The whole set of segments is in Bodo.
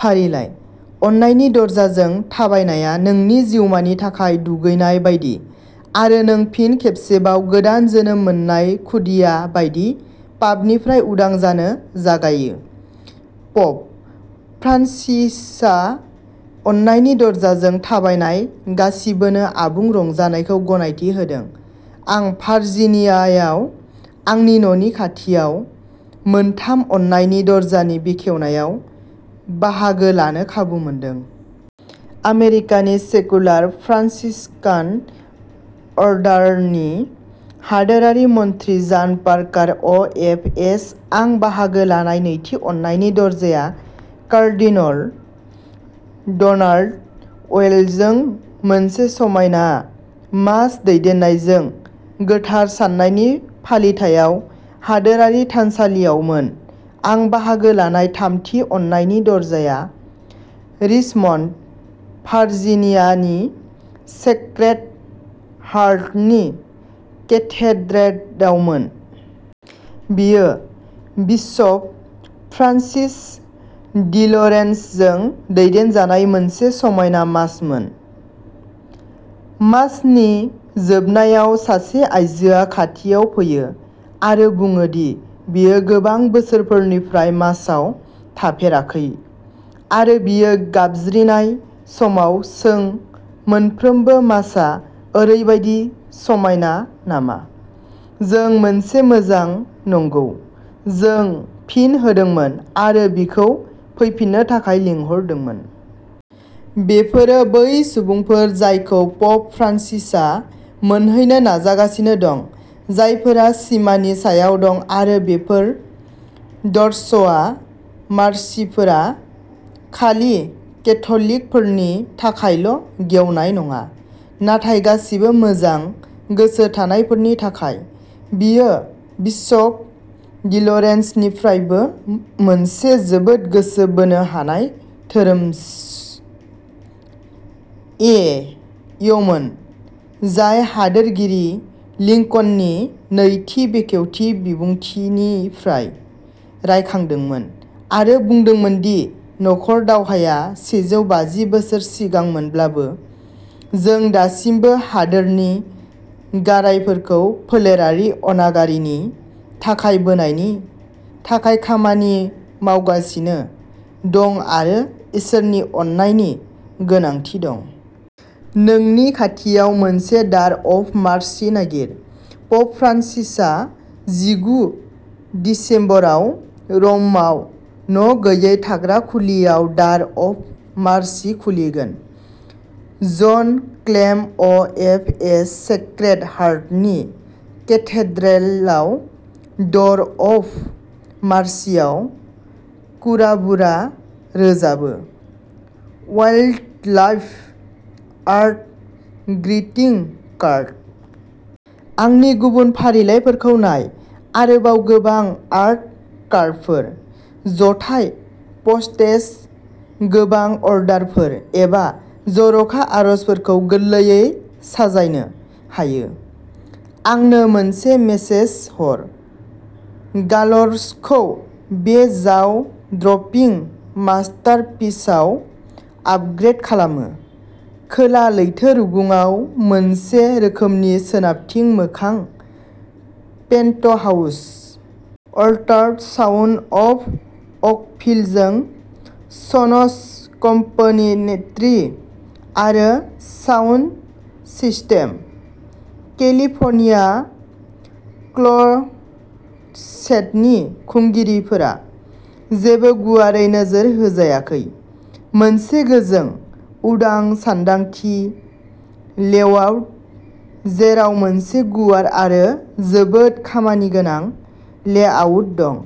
फारिलाइ। अननायनि दरजाजों थाबायनाया नोंनि जिउमानि थाखाय दुगैनाय बायदि, आरो नों फिन खेबसेबाव गोदान जोनोम मोननाय खुदिया बायदि पापनिफ्राय उदां जानो जागायो। प'प फ्रान्सिसआ अननायनि दरजाजों थाबायनाय गासिबोनो आबुं रंजानायखौ गनायथि होदों। आं भार्जिनियायाव आंनि न'नि खाथियाव मोनथाम अननायनि दरजानि बेखेवनायाव बाहागो लानो खाबु मोनदों। आमेरिकानि सेकुलार फ्रान्सिस्कान अर्डारनि हादोरारि मन्थ्रि-जान पार्कार, अ. एफ. एस. आं बाहागो लानाय नैथि अननायनि दरजाया कार्डिनल ड'नाल्ड वेउर्लजों मोनसे समायना मास दैदेननायजों गोथार साननायनि फालिथायाव हादोरारि थानसालियावमोन। आं बाहागो लानाय थामथि अननायनि दरजाया रिचमन्ड, भार्जिनियानि सेक्रेड हार्टनि केथेड्रेलआवमोन। बेयो बिशप फ्रान्सिस डिल'रेन्ज'जों दैदेनजानाय मोनसे समायना मासमोन। मासनि जोबनायाव सासे आयजोआ खाथियाव फैयो आरो बुङो दि बियो गोबां बोसोरफोरनिफ्राय मासआव थाफेराखै आरो बियो गाबज्रिनाय समाव सों "मोनफ्रोमबो मासआ ओरैबायदि समायना नामा?" जों मोनसे मोजां "नंगौ" जों फिन होदोंमोन आरो बिखौ फैफिननो थाखाय लिंहरदोंमोन। बेफोरो बै सुबुंफोर जायखौ प'प फ्रान्सिसआ मोनहैनो नाजागासिनो दं-जायफोरा सिमानि सायाव दं-आरो बेफोर दर'र्सआ मार्सिफोरा खालि केथ'लिकफोरनि थाखायल'गेवनाय नङा, नाथाय गासिबो मोजां गोसो थानायफोरनि थाखाय। बेयो बिशप डिल'रेन्ज'निफ्रायबो मोनसे जोबोद गोसो बोनो हानाय धोरोमस ए यमोन, जाय हादोरगिरि लिंकननि नैथि बेखेवथि बिबुंथिनिफ्राय रायखांदोंमोन, आरो बुंदोंमोन दि नखर दावहाया सेजौ बाजि बोसोर सिगांमोनब्लाबो, जों दासिमबो "हादोरनि गारायफोरखौ फोलेरारि अनागारिनि थाखाय बोनायनि" थाखाय खामानि मावगासिनो दं आरो इसोरनि अननायनि गोनांथि दं। नोंनि खाथियाव मोनसे दार अफ मार्सि नागिर! प'प फ्रान्सिसआ जिगु दिसेम्बराव र'मआव न'गैयै थाग्रा खुलियाव दार अफ मार्सि खुलिगोन। जन क्लेम, अ. एफ. एस. सेक्रेड हार्टनि केथेड्रेलआव दर अफ मार्सिआव।'कुकाबुरा रोजाबो'वाइल्डलाइफ आर्ट ग्रीटिं कार्ड। आंनि गुबुन फारिलाइफोरखौ नाय। आरोबाव गोबां आर्ट कार्डफोर। जथाय पस्टेज, गोबां अर्डारफोर एबा जर'खा आर'जफोरखौ गोरलैयै साजायनो हायो... आंनो मोनसे मेसेज हर। गाल'रखौ बे जाव ड्रपिं मास्टारपिसआव आपग्रेड खालामो। खोला लैथो रुगुंआव मोनसे रोखोमनि सोनाबथिं मोखां पेन्टहाउस! अलटार्ड साउन्ड अफ अकभिलजों सन'स कम्पोनेन्ट्रि आरो साउन्ड सिस्टेम। केलिफ'र्निया क्ल'सेटनि खुंगिरिफोरा। जेबो गुवारै नोजोर होजायाखै! मोनसे गोजों, उदां सानदांथि लेआउट जेराव मोनसे गुवार आरो जोबोद खामानिगोनां लेआउट दं।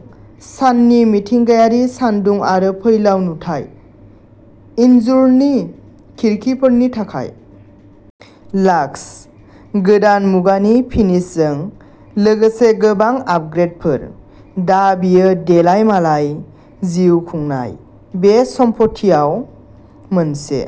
साननि मिथिंगायारि सानदुं आरो फैलाव नुथाय, इनजुरनि खिरखिफोरनि थाखाय। लाक्स, गोदान मुगानि फिनिशजों लोगोसे गोबां आपग्रेडफोर। दा बेयो देलायमालाय जिउ खुंनाय! बे सम्फथियाव मोनसे